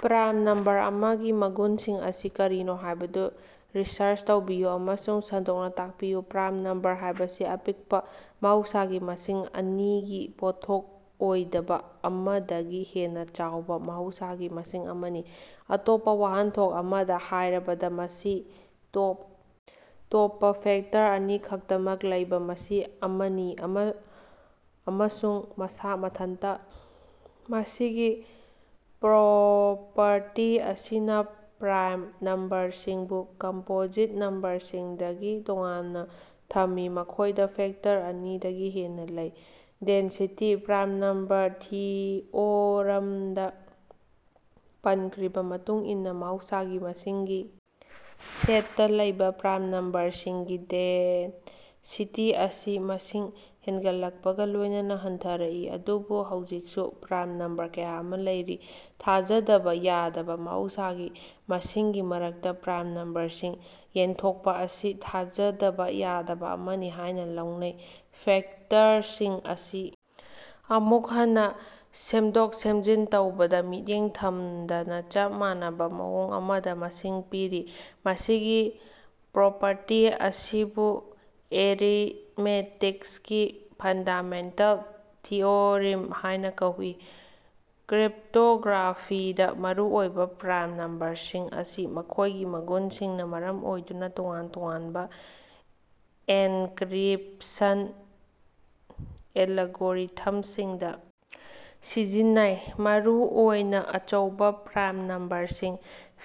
Prime number ꯑꯃꯒꯤ ꯃꯒꯨꯟꯁꯤꯡ ꯑꯁꯤ ꯀꯔꯤꯅꯣ ꯍꯥꯏꯕꯗꯨ ꯔꯤꯁꯔꯆ ꯇꯧꯕꯤꯌꯨ ꯑꯃꯁꯨꯡ ꯁꯟꯗꯣꯛꯅꯥ ꯇꯥꯛꯄꯤꯌꯨ꯫ ꯄ꯭ꯔꯥꯏꯝ ꯅꯝꯕꯔ ꯍꯥꯏꯕꯁꯤ ꯑꯄꯤꯛꯄꯥ ꯃꯍꯧꯁꯥꯒꯤ ꯃꯁꯤꯡ ꯑꯅꯤꯒꯤ ꯄꯣꯠꯊꯣꯛ ꯑꯣꯏꯗꯕꯥ ꯑꯃꯗꯒꯤ ꯍꯦꯟꯅꯥ ꯆꯥꯎꯕꯥ ꯃꯍꯧꯁꯥꯒꯤ ꯃꯁꯤꯡ ꯑꯃꯅꯤ꯫ ꯑꯇꯣꯞꯄꯥ ꯋꯥꯍꯟꯊꯣꯛ ꯑꯃꯗꯥ ꯍꯥꯏꯔꯕꯗꯥ, ꯃꯁꯤ ꯇꯣꯞ ꯇꯣꯞꯄꯥ ꯐꯦꯛꯇꯔ ꯑꯅꯤꯈꯛꯇꯃꯛ ꯂꯩꯕꯥ ꯃꯁꯤꯡ ꯑꯃꯅꯤ ꯑꯃ ꯑꯃꯁꯨꯡ ꯃꯁꯥ ꯃꯊꯟꯇꯥ꯫ ꯃꯁꯤꯒꯤ ꯄ꯭ꯔꯣꯄꯔꯇꯤ ꯑꯁꯤꯅꯥ ꯄ꯭ꯔꯥꯏꯝ ꯅꯝꯕꯔꯁꯤꯡꯕꯨ ꯀꯝꯄꯣꯖꯤꯠ ꯅꯝꯕꯔꯁꯤꯡꯗꯒꯤ ꯇꯣꯉꯥꯟꯅꯥ ꯊꯝꯃꯤ, ꯃꯈꯣꯏꯗꯥ ꯐꯦꯛꯇꯔ ꯑꯅꯤꯗꯒꯤ ꯍꯦꯟꯅꯥ ꯂꯩ꯫ ꯗꯦꯟꯁꯤꯇꯤ: ꯄ꯭ꯔꯥꯏꯝ ꯅꯝꯕꯔ ꯊꯤꯑꯣꯔꯝꯗꯥ ꯄꯟꯈ꯭ꯔꯤꯕꯥ ꯃꯇꯨꯡ ꯏꯟꯅꯥ ꯃꯍꯧꯁꯥꯒꯤ ꯃꯁꯤꯡꯒꯤ ꯁꯦꯠꯇꯥ ꯂꯩꯕꯥ ꯄ꯭ꯔꯥꯏꯝ ꯅꯝꯕꯔꯁꯤꯡꯒꯤ ꯗꯦꯟꯁꯤꯇꯤ ꯑꯁꯤ ꯃꯁꯤꯡ ꯍꯦꯒꯠꯂꯛꯄꯒꯥ ꯂꯣꯏꯅꯅꯥ ꯍꯟꯊꯔꯛꯏ꯫ ꯑꯗꯨꯕꯨ ꯍꯧꯖꯤꯛꯁꯨ ꯄ꯭ꯔꯥꯏꯝ ꯅꯝꯕꯔ ꯀꯌꯥ ꯑꯃꯥ ꯂꯩꯔꯤ꯫ ꯊꯥꯖꯗꯕꯥ ꯌꯥꯗꯕꯥ: ꯃꯍꯧꯁꯥꯒꯤ ꯃꯁꯤꯡꯒꯤ ꯃꯔꯛꯇꯥ ꯄ꯭ꯔꯥꯏꯝ ꯅꯝꯕꯔꯁꯤꯡ ꯌꯦꯟꯊꯣꯛꯄꯥ ꯑꯁꯤ ꯊꯥꯖꯗꯕꯥ ꯌꯥꯗꯕꯥ ꯑꯃꯅꯤ ꯍꯥꯏꯅꯥ ꯂꯧꯅꯩ꯫ ꯐꯦꯛꯇꯔꯁꯤꯡ ꯑꯁꯤ ꯑꯃꯨꯛ ꯍꯟꯅꯥ ꯁꯦꯝꯗꯣꯛ-ꯁꯦꯝꯖꯤꯟ ꯇꯧꯕꯗꯥ ꯃꯤꯠꯌꯦꯡ ꯊꯝꯗꯅꯥ ꯆꯞ ꯃꯥꯟꯅꯕꯥ ꯃꯑꯣꯡ ꯑꯃꯗꯥ ꯃꯁꯤꯡ ꯄꯤꯔꯤ꯫ ꯃꯁꯤꯒꯤ ꯄ꯭ꯔꯣꯄꯔꯇꯤ ꯑꯁꯤꯕꯨ ꯑꯦꯔꯤꯟꯃꯦꯇꯤꯛꯁꯀꯤ ꯐꯟꯗꯥꯃꯦꯟꯇꯦꯜ ꯊꯤꯑꯣꯔꯤꯝ ꯍꯥꯏꯅꯥ ꯀꯧꯏ꯫ ꯀ꯭ꯔꯤꯞꯇꯣꯒ꯭ꯔꯥꯐꯤꯗꯥ ꯃꯔꯨꯑꯣꯏꯕꯥ: ꯄ꯭ꯔꯥꯏꯝ ꯅꯝꯕꯔꯁꯤꯡ ꯑꯁꯤ ꯃꯈꯣꯏꯒꯤ ꯃꯒꯨꯟꯁꯤꯡꯅꯥ ꯃꯔꯝ ꯑꯣꯏꯗꯨꯅꯥ ꯇꯣꯉꯥꯟ ꯇꯣꯉꯥꯟꯕ ꯑꯦꯟꯀꯔꯤꯞꯁꯟ ꯑꯦꯂꯒꯣꯔꯤꯊꯝꯁꯤꯡꯗꯥ ꯁꯤꯖꯤꯟꯅꯩ, ꯃꯔꯨꯑꯣꯏꯅꯥ ꯑꯆꯧꯕꯥ ꯄ꯭ꯔꯥꯏꯝ ꯅꯝꯕꯔꯁꯤꯡ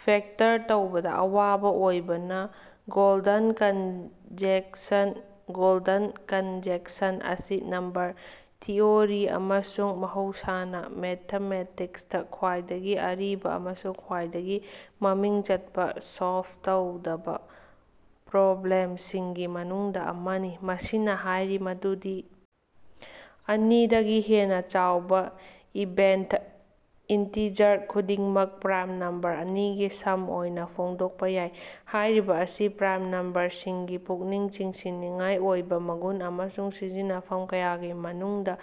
ꯐꯦꯛꯇꯔ ꯇꯧꯕꯗꯥ ꯑꯋꯥꯕꯥ ꯑꯣꯏꯕꯅꯥ꯫ ꯒꯣꯜꯗꯟ ꯀꯟꯖꯦꯛꯁꯟ: ꯒꯣꯜꯗꯟ ꯀꯟꯖꯦꯛꯁꯟ ꯑꯁꯤ ꯅꯝꯕꯔ ꯊꯤꯑꯣꯔꯤ ꯑꯃꯁꯨꯡ ꯃꯍꯧꯁꯥꯅ ꯃꯦꯊꯃꯦꯇꯤꯛꯁꯇꯥ ꯈ꯭ꯋꯥꯏꯗꯒꯤ ꯑꯔꯤꯕꯥ ꯑꯃꯁꯨꯡ ꯈ꯭ꯋꯥꯏꯗꯒꯤ ꯃꯃꯤꯡ ꯆꯠꯄꯥ ꯁꯣꯜꯞ ꯇꯧꯗꯕꯥ ꯄ꯭ꯔꯣꯕ꯭ꯂꯦꯝꯁꯤꯡꯒꯤ ꯃꯅꯨꯡꯗꯥ ꯑꯃꯅꯤ꯫ ꯃꯁꯤꯅꯥ ꯍꯥꯏꯔꯤ ꯃꯗꯨꯗꯤ ꯑꯅꯤ ꯗꯒꯤ ꯍꯦꯟꯅꯥ ꯆꯥꯎꯕ ꯏꯚꯦꯟꯇ ꯏꯟꯇꯤꯖꯔ ꯈꯨꯗꯤꯡꯃꯛ ꯄ꯭ꯔꯥꯏꯝ ꯅꯝꯕꯔ ꯑꯅꯤꯒꯤ ꯁꯝ ꯑꯣꯏꯅꯥ ꯐꯣꯡꯗꯣꯛꯄꯥ ꯌꯥꯏ꯫ꯍꯥꯏꯔꯤꯕꯥ ꯑꯁꯤ ꯄ꯭ꯔꯥꯏꯝ ꯅꯝꯕꯔꯁꯤꯡꯒꯤ ꯄꯨꯛꯅꯤꯡ ꯆꯤꯡꯁꯤꯟꯅꯤꯡꯉꯥꯏ ꯑꯣꯏꯕꯥ ꯃꯒꯨꯟ ꯑꯃꯁꯨꯡ ꯁꯤꯖꯤꯟꯅꯐꯝ ꯀꯌꯥꯒꯤ ꯃꯅꯨꯡꯗꯥ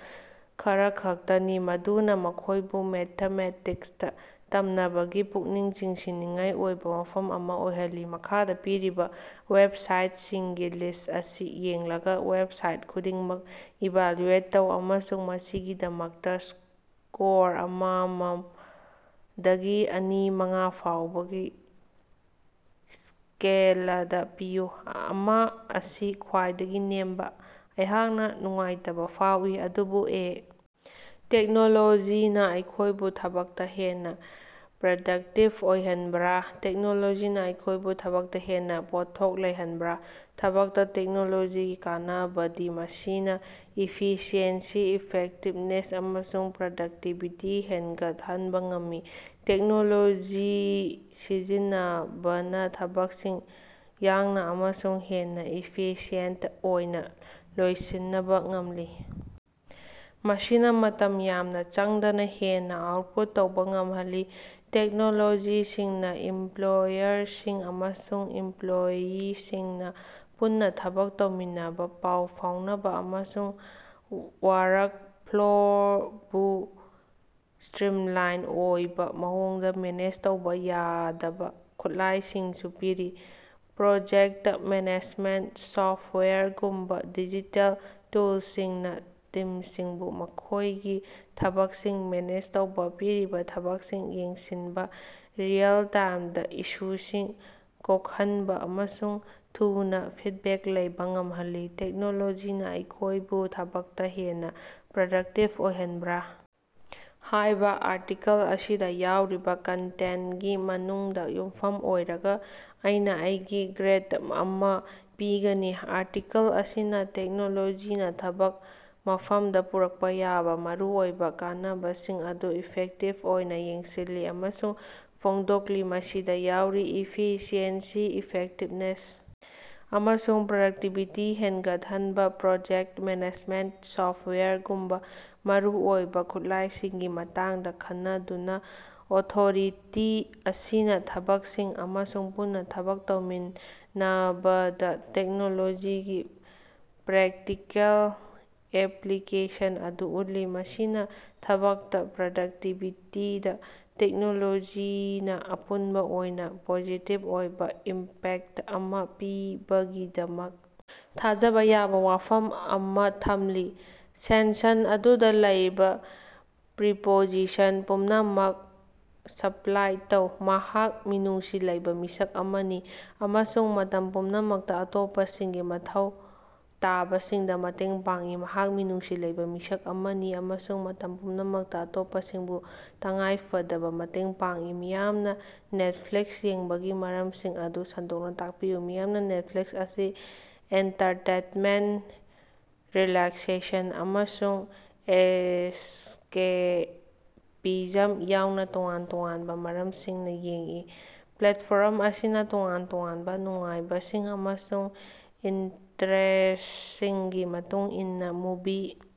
ꯈꯔꯈꯛꯇꯅꯤ, ꯃꯗꯨꯅꯥ ꯃꯈꯣꯏꯕꯨ ꯃꯦꯊꯃꯦꯇꯤꯛꯁꯇꯥ ꯇꯝꯅꯕꯒꯤ ꯄꯨꯛꯅꯤꯡ ꯆꯤꯡꯁꯤꯟꯅꯤꯡꯉꯥꯏ ꯑꯣꯏꯕꯥ ꯃꯐꯝ ꯑꯃꯥ ꯑꯣꯏꯍꯜꯂꯤ꯫ ꯃꯈꯥꯗꯥ ꯄꯤꯔꯤꯕꯥ ꯋꯦꯕꯁꯥꯏꯠꯁꯤꯡꯒꯤ ꯂꯤꯁ ꯑꯁꯤ ꯌꯦꯡꯂꯒꯥ, ꯋꯦꯕꯁꯥꯏꯠ ꯈꯨꯗꯤꯡꯃꯛ ꯏꯚꯥꯜꯌꯨꯑꯦꯠ ꯇꯧ ꯑꯃꯁꯨꯡ ꯃꯁꯤꯒꯤꯗꯃꯛꯇꯥ ꯁ꯭ꯀꯣꯔ ꯑꯃ ꯑꯃ ꯗꯒꯤ ꯑꯅꯤ ꯃꯉꯥ ꯐꯥꯎꯕꯒꯤ ꯁ꯭ꯀꯦꯂꯗꯥ ꯄꯤꯌꯨ (ꯑꯃ ꯑꯁꯤ ꯈ꯭ꯋꯥꯏꯗꯒꯤ ꯅꯦꯝꯕꯥ)꯫ ꯑꯩꯍꯥꯛꯅꯥ ꯅꯨꯡꯉꯥꯏꯇꯕꯥ ꯐꯥꯎꯏ, ꯑꯗꯨꯕꯨ ꯑꯦ. "ꯇꯦꯛꯅꯣꯂꯣꯖꯤꯅꯥ ꯑꯩꯈꯣꯏꯕꯨ ꯊꯕꯛꯇꯥ ꯍꯦꯟꯅꯥ ꯄ꯭ꯔꯗꯛꯇꯤꯕ ꯑꯣꯏꯍꯟꯕꯔꯥ? " ꯇꯦꯛꯅꯣꯂꯣꯖꯤꯅ ꯑꯩꯈꯣꯏꯕꯨ ꯊꯕꯛꯇꯥ ꯍꯦꯟꯅꯥ ꯄꯣꯠꯊꯣꯛ ꯂꯩꯍꯟꯕꯔꯥ? ꯊꯕꯛꯇꯥ ꯇꯦꯛꯅꯣꯂꯣꯖꯤꯒꯤ ꯀꯥꯟꯅꯕꯗꯤ ꯃꯁꯤꯅꯥ ꯏꯐꯤꯁꯤꯑꯦꯟꯁꯤ, ꯏꯐꯦꯛꯇꯤꯕꯅꯦꯁ ꯑꯃꯁꯨꯡ ꯄ꯭ꯔꯗꯛꯇꯤꯕꯤꯇꯤ ꯍꯦꯒꯠꯍꯟꯕ ꯉꯝꯃꯤ꯫ ꯇꯦꯛꯅꯣꯂꯣꯖꯤ ꯁꯤꯖꯤꯟꯅꯕꯅꯥ ꯊꯕꯛꯁꯤꯡ ꯌꯡꯅ ꯑꯃꯁꯨꯡ ꯍꯦꯟꯅꯥ ꯏꯐꯤꯁꯤꯌꯦꯟꯇ ꯑꯣꯏꯅ ꯂꯣꯏꯁꯤꯅꯕ ꯉꯝꯂꯤ, ꯃꯁꯤꯅ ꯃꯇꯝ ꯌꯥꯝꯅ ꯆꯪꯗꯅꯥ ꯍꯦꯟꯅꯥ ꯑꯥꯎꯠꯄꯨꯠ ꯇꯧꯕꯥ ꯉꯝꯍꯜꯂꯤ꯫ ꯇꯦꯛꯅꯣꯂꯣꯖꯤꯁꯤꯡꯅꯥ ꯏꯝꯄꯂꯣꯏꯌꯔꯁꯤꯡ ꯑꯃꯁꯨꯡ ꯏꯝꯄꯂꯣꯏꯌꯤꯁꯤꯡꯅꯥ ꯄꯨꯟꯅꯥ ꯊꯕꯛ ꯇꯧꯃꯤꯟꯅꯕꯥ, ꯄꯥꯎ ꯐꯥꯎꯅꯕꯥ ꯑꯃꯁꯨꯡ ꯋꯥꯔꯛꯐ꯭ꯂꯣꯕꯨ ꯁ꯭ꯇꯔꯤꯝꯂꯥꯏꯟ ꯑꯣꯏꯕꯥ ꯃꯑꯣꯡꯗ ꯃꯦꯅꯦꯖ ꯇꯧꯕ ꯌꯥꯗꯕ ꯈꯨꯠꯂꯥꯏꯁꯤꯡꯁꯨ ꯄꯤꯔꯤ꯫ ꯄ꯭ꯔꯣꯖꯦꯛꯇ ꯃꯦꯅꯦꯖꯃꯦꯟꯇ ꯁꯣꯐꯋꯦꯌꯔꯒꯨꯝꯕꯥ ꯗꯤꯖꯤꯇꯦꯜ ꯇꯨꯜꯁꯤꯡꯅꯥ ꯇꯤꯝꯁꯤꯡꯕꯨ ꯃꯈꯣꯏꯒꯤ ꯊꯕꯛꯁꯤꯡ ꯃꯦꯅꯦꯖ ꯇꯧꯕꯥ, ꯄꯤꯔꯤꯕꯥ ꯊꯕꯛꯁꯤꯡ ꯌꯦꯡꯁꯤꯡꯕꯥ, ꯔꯤꯑꯦꯜ-ꯇꯥꯏꯝꯗꯥ ꯏꯁꯨꯁꯤꯡ ꯀꯣꯛꯈꯟꯕꯥ ꯑꯃꯁꯨꯡ ꯊꯨꯅ ꯐꯤꯠꯕꯦꯛ ꯂꯧꯕꯥ ꯉꯝꯍꯜꯂꯤ꯫ "ꯇꯦꯛꯅꯣꯂꯣꯖꯤꯅꯥ ꯑꯩꯈꯣꯌꯕꯨ ꯊꯕꯛꯇꯥ ꯍꯦꯟꯅꯥ ꯄ꯭ꯔꯗꯛꯇꯤꯕ ꯑꯣꯏꯍꯟꯕꯔꯥ? ", ꯍꯥꯏꯕ ꯑꯥꯔꯇꯤꯀꯜ ꯑꯁꯤꯗ ꯌꯥꯎꯔꯤꯕ ꯀꯟꯇꯦꯟꯇꯒꯤ ꯃꯅꯨꯡꯗꯥ ꯌꯨꯝꯐꯝ ꯑꯣꯏꯔꯒꯥ, ꯑꯩꯅꯥ ꯑꯩꯩꯒꯤ ꯒ꯭ꯔꯦꯗ ꯑꯃꯥ ꯄꯤꯒꯅꯤ, ꯑꯥꯔꯇꯤꯀꯜ ꯑꯁꯤꯅꯥ ꯇꯦꯛꯅꯣꯂꯣꯖꯤꯅꯥ ꯊꯕꯛ ꯃꯐꯝꯗꯥ ꯄꯨꯔꯛꯄꯥ ꯌꯥꯕ ꯃꯔꯨꯑꯣꯏꯕꯥ ꯀꯥꯟꯅꯕꯁꯤꯡ ꯑꯗꯨ ꯏꯐꯦꯛꯇꯤꯕ ꯑꯣꯏꯅ ꯌꯦꯡꯁꯤꯜꯂꯤ ꯑꯃꯁꯨꯡ ꯐꯣꯡꯗꯣꯛꯂꯤ, ꯃꯁꯤꯗꯥ ꯌꯥꯎꯔꯤ꯫ ꯏꯐꯤꯁꯤꯑꯦꯟꯁꯤ, ꯏꯐꯦꯛꯇꯤꯕꯅꯦꯁ ꯑꯃꯁꯨꯡ ꯄ꯭ꯔꯗꯛꯇꯤꯕꯤꯇꯤ ꯍꯦꯒꯠꯍꯟꯕꯥ꯫ ꯄ꯭ꯔꯣꯖꯦꯛꯇ ꯃꯦꯅꯦꯖꯃꯦꯟꯇ ꯁꯣꯐꯋꯦꯌꯔꯒꯨꯝꯕꯥ ꯃꯔꯨꯑꯣꯏꯕꯥ ꯈꯨꯠꯂꯥꯏꯁꯤꯡꯒꯤ ꯃꯇꯥꯡꯗꯥ ꯈꯟꯅꯗꯨꯅꯥ, ꯑꯣꯊꯣꯔꯤꯇꯤ ꯑꯁꯤꯅꯥ ꯊꯕꯛꯁꯤꯡ ꯑꯃꯁꯨꯡ ꯄꯨꯟꯅꯥ ꯊꯕꯛ ꯇꯧꯃꯤꯟꯅꯕꯗꯥ ꯇꯦꯛꯅꯣꯂꯣꯖꯤꯒꯤ ꯄ꯭ꯔꯦꯛꯇꯤꯀꯦꯜ ꯑꯦꯄꯂꯤꯀꯦꯁꯟ ꯑꯗꯨ ꯎꯠꯂꯤ, ꯃꯁꯤꯅꯥ ꯊꯕꯛꯇꯥ ꯄ꯭ꯔꯗꯛꯇꯤꯕꯤꯇꯤꯗꯥ ꯇꯦꯛꯅꯣꯂꯣꯖꯤꯅ ꯑꯄꯨꯟꯕꯥ ꯑꯣꯏꯅꯥ ꯄꯣꯖꯤꯇꯤꯕ ꯑꯣꯏꯕꯥ ꯏꯝꯄꯦꯛꯇ ꯑꯃꯥ ꯄꯤꯕꯒꯤꯗꯃꯛ ꯊꯥꯖꯕ ꯌꯥꯕ ꯋꯥꯐꯝ ꯑꯃ ꯊꯝꯂꯤ꯫ ꯁꯦꯟꯁꯟ ꯑꯗꯨꯗꯥ ꯂꯩꯔꯤꯕꯥ ꯄ꯭ꯔꯤꯄꯣꯖꯤꯁꯟ ꯄꯨꯝꯅꯃꯛ ꯁꯄꯂꯥꯏ ꯇꯧ꯫ ꯃꯍꯥꯛ ꯃꯤꯅꯨꯡꯁꯤ ꯂꯩꯕ ꯃꯤꯁꯛ ꯑꯃꯅꯤ ꯑꯃꯁꯨꯡ ꯃꯇꯝ ꯄꯨꯝꯅꯃꯛꯇ ꯑꯇꯣꯞꯄꯁꯤꯡꯒꯤ ꯃꯊꯧ ꯇꯥꯕꯁꯤꯡꯗ ꯃꯇꯦꯡ ꯄꯥꯡꯏ꯫ ꯃꯍꯥꯛ ꯃꯤꯅꯨꯡꯁꯤ ꯂꯩꯕꯥ ꯃꯤꯁꯛ ꯑꯃꯅꯤ ꯑꯃꯁꯨꯡ ꯃꯇꯝ ꯄꯨꯝꯅꯃꯛꯇꯥ ꯑꯇꯣꯞꯄꯁꯤꯡꯕꯨ ꯇꯉꯥꯏꯐꯗꯅꯥ ꯃꯇꯦꯡ ꯄꯥꯡꯏ꯫ ꯃꯤꯌꯥꯝꯅꯥ ꯅꯦꯠꯐ꯭ꯂꯤꯛꯁ ꯌꯦꯡꯕꯒꯤ ꯃꯔꯝꯁꯤꯡ ꯑꯗꯨ ꯁꯟꯗꯣꯛꯅꯥ ꯇꯥꯛꯄꯤꯌꯨ꯫ ꯃꯤꯌꯥꯝꯅꯥ ꯅꯦꯠꯐ꯭ꯂꯤꯛꯁ ꯑꯁꯤ ꯑꯦꯟꯇꯥꯔꯇꯦꯟꯃꯦꯟꯇ, ꯔꯤꯂꯥꯛꯁꯦꯁꯟ, ꯑꯃꯁꯨꯡ ꯑꯦꯁꯀꯦꯄꯤꯖꯝ ꯌꯥꯎꯅ ꯇꯣꯉꯥꯟ ꯇꯣꯉꯥꯟꯕ ꯃꯔꯝꯁꯤꯡꯅ ꯌꯦꯡꯏ꯫ ꯄ꯭ꯂꯦꯠꯐꯣꯔꯝ ꯑꯁꯤꯅ ꯇꯣꯉꯥꯟ ꯇꯣꯉꯥꯟꯕꯥ ꯅꯨꯡꯉꯥꯏꯕꯁꯤꯡ ꯑꯃꯁꯨꯡ ꯏꯟꯇꯔꯦꯁ꯭ꯇꯁꯤꯡꯒꯤ ꯃꯇꯨꯡ ꯏꯟꯅꯥ ꯃꯨꯚꯤ.꯫